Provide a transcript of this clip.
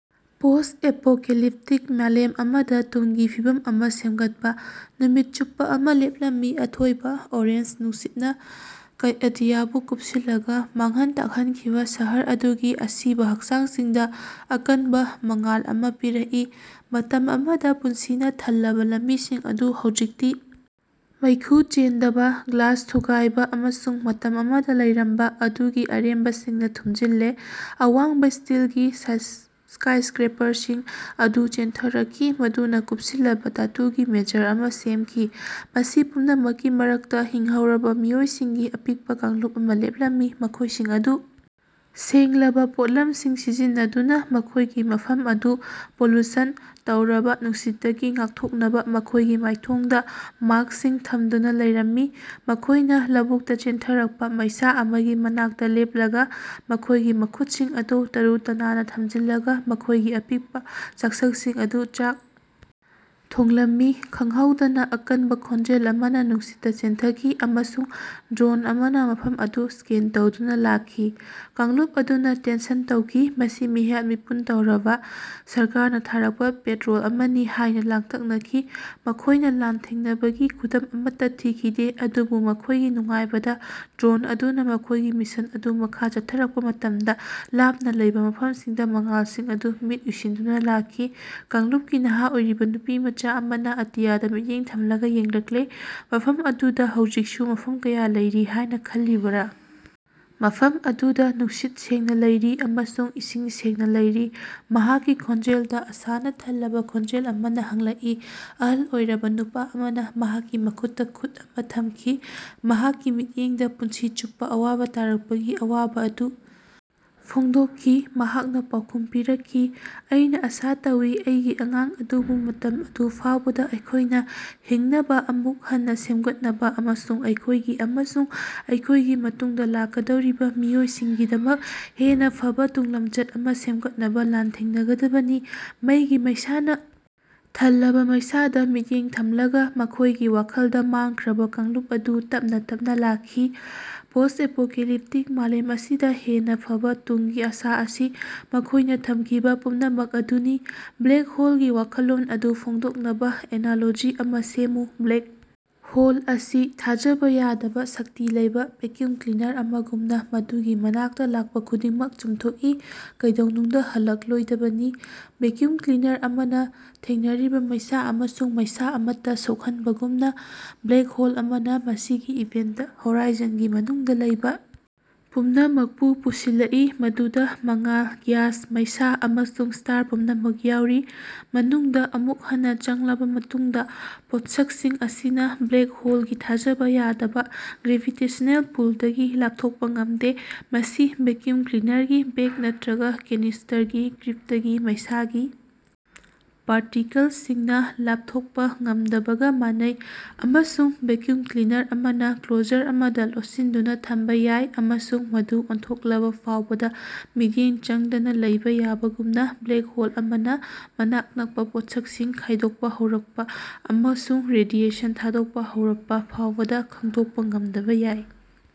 "Post-apocalyptic ꯃꯥꯂꯦꯝ ꯑꯃꯗꯥ ꯇꯨꯡꯒꯤ ꯐꯤꯕꯝ ꯑꯃꯥ ꯁꯦꯝꯒꯠꯄꯥ꯫ ꯅꯨꯃꯤꯠ ꯆꯨꯞꯄꯥ ꯑꯃꯥ ꯂꯦꯞꯂꯝꯃꯤ, ꯑꯊꯣꯏꯕꯥ ꯑꯣꯔꯦꯟꯖ ꯅꯨꯡꯁꯤꯠꯅꯥ ꯑꯇꯤꯌꯥꯕꯨ ꯀꯨꯞꯁꯤꯜꯂꯒꯥ, ꯃꯥꯡꯍꯟ ꯇꯥꯛꯍꯟꯈꯤꯕꯥ ꯁꯍꯔ ꯑꯗꯨꯒꯤ ꯑꯁꯤꯕꯥ ꯍꯛꯆꯥꯡꯁꯤꯡꯗꯥ ꯑꯀꯟꯕꯥ ꯃꯉꯥꯜ ꯑꯃꯥ ꯄꯤꯔꯛꯏ꯫ ꯃꯇꯝ ꯑꯃꯗꯥ ꯄꯨꯟꯁꯤꯅꯥ ꯊꯜꯂꯕꯥ ꯂꯝꯕꯤꯁꯤꯡ ꯑꯗꯨ ꯍꯧꯖꯤꯛꯇꯤ ꯃꯩꯈꯨ ꯆꯦꯟꯗꯕꯥ, ꯒ꯭ꯂꯥꯁ ꯊꯨꯒꯥꯏꯕꯥ ꯑꯃꯁꯨꯡ ꯃꯇꯝ ꯑꯃꯗꯥ ꯂꯩꯔꯝꯕꯥ ꯑꯗꯨꯒꯤ ꯑꯔꯦꯝꯕꯁꯤꯡꯅꯥ ꯊꯨꯝꯖꯤꯜꯂꯦ꯫ ꯑꯋꯥꯡꯕꯥ ꯁ꯭ꯇꯤꯜꯒꯤ ꯁ꯭ꯀꯥꯏꯁ꯭ꯀꯔꯦꯄꯔꯁꯤꯡ ꯑꯗꯨ ꯆꯦꯟꯊꯔꯛꯈꯤ꯫ ꯃꯗꯨꯅꯥ ꯀꯨꯞꯁꯤꯜꯂꯕꯥ ꯙꯥꯇꯨꯒꯤ ꯃꯦꯖꯔ ꯑꯃꯥ ꯁꯦꯝꯈꯤ꯫ ꯃꯁꯤ ꯄꯨꯝꯅꯃꯛꯀꯤ ꯃꯔꯛꯇꯥ ꯍꯤꯡꯍꯧꯔꯕꯥ ꯃꯤꯑꯣꯏꯁꯤꯡꯒꯤ ꯑꯄꯤꯛꯄꯥ ꯀꯥꯡꯂꯨꯞ ꯑꯃꯥ ꯂꯦꯞꯂꯝꯃꯤ꯫ ꯃꯈꯣꯏꯁꯤꯡ ꯑꯗꯨ ꯁꯦꯡꯂꯕꯥ ꯄꯣꯠꯂꯝꯁꯤꯡ ꯁꯤꯖꯤꯟꯅꯗꯨꯅꯥ ꯃꯈꯣꯏꯒꯤ ꯃꯐꯝ ꯑꯗꯨ ꯄꯣꯂꯨꯁꯟ ꯇꯧꯔꯕꯥ ꯅꯨꯡꯁꯤꯠꯇꯒꯤ ꯉꯥꯛꯊꯣꯛꯅꯕꯥ ꯃꯈꯣꯏꯒꯤ ꯃꯥꯏꯊꯣꯡꯗꯥ ꯃꯥꯁ꯭ꯀꯁꯤꯡ ꯊꯝꯗꯨꯅꯥ ꯂꯩꯔꯝꯃꯤ꯫ ꯃꯈꯣꯏꯅꯥ ꯂꯧꯕꯨꯛꯇꯥ ꯆꯦꯟꯊꯔꯛꯄꯥ ꯃꯩꯁꯥ ꯑꯃꯒꯤ ꯃꯅꯥꯛꯇꯥ ꯂꯦꯞꯂꯒꯥ ꯃꯈꯣꯏꯒꯤ ꯃꯈꯨꯠꯁꯤꯡ ꯑꯗꯨ ꯇꯔꯨ ꯇꯅꯥꯟꯅꯥ ꯊꯝꯖꯤꯜꯂꯒꯥ ꯃꯈꯣꯏꯒꯤ ꯑꯄꯤꯛꯄꯥ ꯆꯥꯛꯁꯪꯁꯤꯡ ꯑꯗꯨ ꯆꯥꯛ ꯊꯣꯡꯂꯝꯃꯤ꯫ ꯈꯪꯍꯧꯗꯅꯥ ꯑꯀꯟꯕꯥ ꯈꯣꯟꯖꯦꯜ ꯑꯃꯅꯥ ꯅꯨꯡꯁꯤꯠꯇꯥ ꯆꯦꯟꯊꯈꯤ, ꯑꯃꯁꯨꯡ ꯗ꯭ꯔꯣꯟ ꯑꯃꯅꯥ ꯃꯐꯝ ꯑꯗꯨ ꯁ꯭ꯀꯦꯟ ꯇꯧꯗꯨꯅꯥ ꯂꯥꯛꯈꯤ꯫ ꯀꯥꯡꯂꯨꯞ ꯑꯗꯨꯅꯥ ꯇꯦꯟꯁꯟ ꯇꯧꯈꯤ꯫ ꯃꯁꯤ ꯃꯤꯍꯥꯠ-ꯃꯤꯄꯨꯟ ꯇꯧꯔꯤꯕꯥ ꯁꯔꯀꯥꯔꯅꯥ ꯊꯥꯔꯛꯄꯥ ꯄꯦꯇꯔꯣꯜ ꯑꯃꯅꯤ ꯍꯥꯏꯅꯥ ꯂꯥꯡꯇꯛꯅꯈꯤ꯫ ꯃꯈꯣꯏꯅꯥ ꯂꯥꯟꯊꯦꯡꯅꯕꯒꯤ ꯈꯨꯗꯝ ꯑꯃꯠꯇꯥ ꯊꯤꯈꯤꯗꯦ꯫ ꯑꯗꯨꯕꯨ, ꯃꯈꯣꯏꯒꯤ ꯅꯨꯡꯉꯥꯏꯕꯗꯥ ꯗ꯭ꯔꯣꯟ ꯑꯗꯨꯅꯥ ꯃꯈꯣꯏꯒꯤ ꯃꯤꯁꯟ ꯑꯗꯨ ꯃꯈꯥ ꯆꯠꯊꯔꯛꯄꯥ ꯃꯇꯝꯗꯥ ꯂꯥꯞꯅꯥ ꯂꯩꯕꯥ ꯃꯐꯝꯁꯤꯡꯗꯥ ꯃꯉꯥꯜꯁꯤꯡ ꯑꯗꯨ ꯃꯤꯠ ꯎꯏꯁꯤꯟꯗꯨꯅꯥ ꯂꯥꯛꯈꯤ꯫ ꯀꯥꯡꯂꯨꯄꯀꯤ ꯅꯍꯥ ꯑꯣꯏꯔꯤꯕꯥ ꯅꯨꯄꯤꯃꯆꯥ ꯑꯃꯅꯥ ꯑꯇꯤꯌꯥꯗꯥ ꯃꯤꯠꯌꯦꯡ ꯊꯝꯂꯒꯥ ꯌꯦꯡꯂꯛꯂꯦ꯫ ꯃꯐꯝ ꯑꯗꯨꯗꯥ ꯍꯧꯖꯤꯛꯁꯨ ꯃꯐꯝ ꯀꯌꯥ ꯂꯩꯔꯤ ꯍꯥꯌꯅꯥ ꯈꯜꯂꯤꯕꯔꯥ? ꯃꯐꯝ ꯑꯗꯨꯗꯥ ꯅꯨꯡꯁꯤꯠ ꯁꯦꯡꯅꯥ ꯂꯩꯔꯤ ꯑꯃꯁꯨꯡ ꯏꯁꯤꯡ ꯁꯦꯡꯅꯥ ꯂꯩꯔꯤ꯫ ꯃꯍꯥꯛꯀꯤ ꯈꯣꯟꯖꯦꯜꯗꯥ ꯑꯥꯁꯥꯅꯥ ꯊꯜꯂꯕꯥ ꯈꯣꯟꯖꯦꯜ ꯑꯃꯅ ꯍꯪꯂꯛꯏ꯫ ꯑꯍꯜ ꯑꯣꯏꯔꯕꯥ ꯅꯨꯄꯥ ꯑꯃꯅꯥ ꯃꯍꯥꯛꯀꯤ ꯃꯈꯨꯠꯇꯥ ꯈꯨꯠ ꯑꯃꯥ ꯊꯝꯈꯤ꯫ ꯃꯍꯥꯛꯀꯤ ꯃꯤꯠꯌꯦꯡꯗꯥ ꯄꯨꯟꯁꯤ ꯆꯨꯞꯄꯥ ꯑꯋꯥꯕꯥ ꯇꯥꯔꯛꯄꯒꯤ ꯑꯋꯥꯕꯥ ꯑꯗꯨ ꯐꯣꯡꯗꯣꯛꯈꯤ꯫ ꯃꯍꯥꯛꯅꯥ ꯄꯥꯎꯈꯨꯝ ꯄꯤꯔꯛꯈꯤ, "ꯑꯩꯅꯥ ꯑꯥꯁꯥ ꯇꯧꯏ, ꯑꯩꯒꯤ ꯑꯉꯥꯡ ꯑꯗꯨꯕꯨ ꯃꯇꯝ ꯑꯗꯨ ꯐꯥꯎꯕꯗꯥ ꯑꯩꯈꯣꯏꯅꯥ ꯍꯤꯡꯅꯕꯥ, ꯑꯃꯨꯛ ꯍꯟꯅꯥ ꯁꯦꯝꯒꯠꯅꯕꯥ ꯑꯃꯁꯨꯡ ꯑꯩꯈꯣꯏꯒꯤ ꯑꯃꯁꯨꯡ ꯑꯩꯈꯣꯏꯒꯤ ꯃꯇꯨꯡꯗꯥ ꯂꯥꯛꯀꯗꯧꯔꯤꯕꯥ ꯃꯤꯑꯣꯏꯁꯤꯡꯒꯤꯗꯃꯛ ꯍꯦꯟꯅꯥ ꯐꯕꯥ ꯇꯨꯡꯂꯝꯆꯠ ꯑꯃꯥ ꯁꯦꯝꯒꯠꯅꯕꯥ ꯂꯥꯟꯊꯦꯡꯅꯒꯗꯕꯅꯤ꯫ ꯃꯩꯒꯤ ꯃꯩꯁꯥꯅꯥ ꯊꯜꯂꯕꯥ ꯃꯩꯁꯥꯗꯥ ꯃꯤꯠꯌꯦꯡ ꯊꯝꯂꯒꯥ ꯃꯈꯣꯏꯒꯤ ꯋꯥꯈꯜꯗꯥ ꯃꯥꯡꯈ꯭ꯔꯕꯥ ꯀꯥꯡꯂꯨꯞ ꯑꯗꯨ ꯇꯞꯅꯥ ꯇꯞꯅꯥ ꯂꯥꯛꯈꯤ꯫ ꯄꯣꯁ꯭ꯠ-ꯑꯦꯄꯣꯀꯦꯂꯤꯄꯇꯤꯛ ꯃꯥꯂꯦꯝ ꯑꯁꯤꯗꯥ ꯍꯦꯟꯅꯥ ꯐꯕꯥ ꯇꯨꯡꯒꯤ ꯑꯥꯁꯥ ꯑꯁꯤ ꯃꯈꯣꯏꯅꯥ ꯊꯝꯈꯤꯕꯥ ꯄꯨꯝꯅꯃꯛ ꯑꯗꯨꯅꯤ꯫ ꯕ꯭ꯂꯦꯛ ꯍꯣꯂꯒꯤ ꯋꯥꯈꯜꯂꯣꯟ ꯑꯗꯨ ꯐꯣꯡꯗꯣꯛꯅꯕꯥ ꯑꯦꯅꯥꯂꯣꯖꯤ ꯑꯃꯥ ꯁꯦꯝꯃꯨ꯫ ꯕ꯭ꯂꯦꯛ ꯍꯣꯜ ꯑꯁꯤ ꯊꯥꯖꯕꯥ ꯌꯥꯗꯕꯥ ꯁꯛꯇꯤ ꯂꯩꯕꯥ ꯚꯦꯛꯌꯨꯝ ꯀ꯭ꯂꯤꯅꯔ ꯑꯃꯒꯨꯝꯅꯥ ꯃꯗꯨꯒꯤ ꯃꯅꯥꯛꯇꯥ ꯂꯥꯛꯄꯥ ꯈꯨꯗꯤꯡꯃꯛ ꯆꯨꯝꯊꯣꯛꯏ ꯀꯩꯗꯧꯅꯨꯡꯗꯥ ꯍꯜꯂꯛꯂꯣꯏꯗꯕꯅꯤ꯫ ꯚꯦꯛꯌꯨꯝ ꯀ꯭ꯂꯤꯅꯔ ꯑꯃꯅꯥ ꯊꯦꯡꯅꯔꯤꯕꯥ ꯃꯩꯁꯥ ꯑꯃꯁꯨꯡ ꯃꯩꯁꯥ ꯑꯃꯠꯇꯥ ꯁꯣꯛꯍꯟꯕꯒꯨꯝꯅꯥ ꯕ꯭ꯂꯦꯛ ꯍꯣꯜ ꯑꯃꯅꯥ ꯃꯁꯤꯒꯤ ꯏꯚꯦꯟꯇ ꯍꯣꯔꯥꯏꯖꯟꯒꯤ ꯃꯅꯨꯡꯗꯥ ꯂꯩꯕꯥ ꯄꯨꯝꯅꯃꯛꯄꯨ ꯄꯨꯁꯤꯜꯂꯛꯏ, ꯃꯗꯨꯗꯥ ꯃꯉꯥꯜ, ꯒ꯭ꯌꯥꯁ, ꯃꯩꯁꯥ ꯑꯃꯁꯨꯡ ꯁ꯭ꯇꯥꯔ ꯄꯨꯝꯅꯃꯛ ꯌꯥꯎꯔꯤ꯫ ꯃꯅꯨꯡꯗꯥ ꯑꯃꯨꯛ ꯍꯟꯅꯥ ꯆꯪꯂꯕꯥ ꯃꯇꯨꯡꯗꯥ, ꯄꯣꯠꯁꯀꯁꯤꯡ ꯑꯁꯤꯅꯥ ꯕ꯭ꯂꯦꯛ ꯍꯣꯂꯒꯤ ꯊꯥꯖꯕꯥ ꯌꯥꯗꯕꯥ ꯒ꯭ꯔꯦꯚꯤꯇꯦꯁꯅꯦꯜ ꯄꯨꯜꯗꯒꯤ ꯂꯥꯞꯊꯣꯛꯄꯥ ꯉꯝꯗꯦ, ꯃꯁꯤ ꯚꯦꯛꯌꯨꯝ ꯀ꯭ꯂꯤꯅꯔꯒꯤ ꯕꯦꯒ ꯅꯠꯇ꯭ꯔꯒꯥ ꯀꯦꯅꯤꯁ꯭ꯇꯔꯒꯤ ꯒ꯭ꯔꯤꯄꯇꯒꯤ ꯃꯩꯁꯥꯒꯤ ꯄꯥꯔꯇꯤꯀꯜꯁꯤꯡꯅꯥ ꯂꯥꯞꯊꯣꯛꯄꯥ ꯉꯝꯗꯕꯒꯥ ꯃꯥꯟꯅꯩ꯫ ꯑꯃꯁꯨꯡ ꯚꯦꯛꯌꯨꯝ ꯀ꯭ꯂꯤꯅꯔ ꯑꯃꯅꯥ ꯀ꯭ꯂꯣꯖꯔ ꯑꯃꯗꯥ ꯂꯣꯠꯁꯤꯟꯗꯨꯅꯥ ꯊꯝꯕꯥ ꯌꯥꯏ ꯑꯃꯁꯨꯡ ꯃꯗꯨ ꯑꯣꯟꯊꯣꯛꯂꯕꯥ ꯐꯥꯎꯕꯗꯥ ꯃꯤꯠꯌꯦꯡ ꯆꯪꯗꯅꯥ ꯂꯩꯕꯥ ꯌꯥꯕꯒꯨꯝꯅꯥ ꯕ꯭ꯂꯦꯛ ꯍꯣꯜ ꯑꯃꯅꯥ ꯃꯅꯥꯛ ꯅꯛꯄꯥ ꯄꯣꯠꯁꯛꯁꯤꯡ ꯈꯥꯏꯗꯣꯛꯄꯥ ꯍꯧꯔꯛꯄꯥ ꯑꯃꯁꯨꯡ ꯔꯦꯗꯤꯑꯦꯁꯟ ꯊꯥꯗꯣꯛꯄꯥ ꯍꯧꯔꯛꯄꯥ ꯐꯥꯎꯕꯗꯥ ꯈꯪꯗꯣꯛꯄꯥ ꯉꯝꯗꯕꯥ ꯌꯥꯏ꯫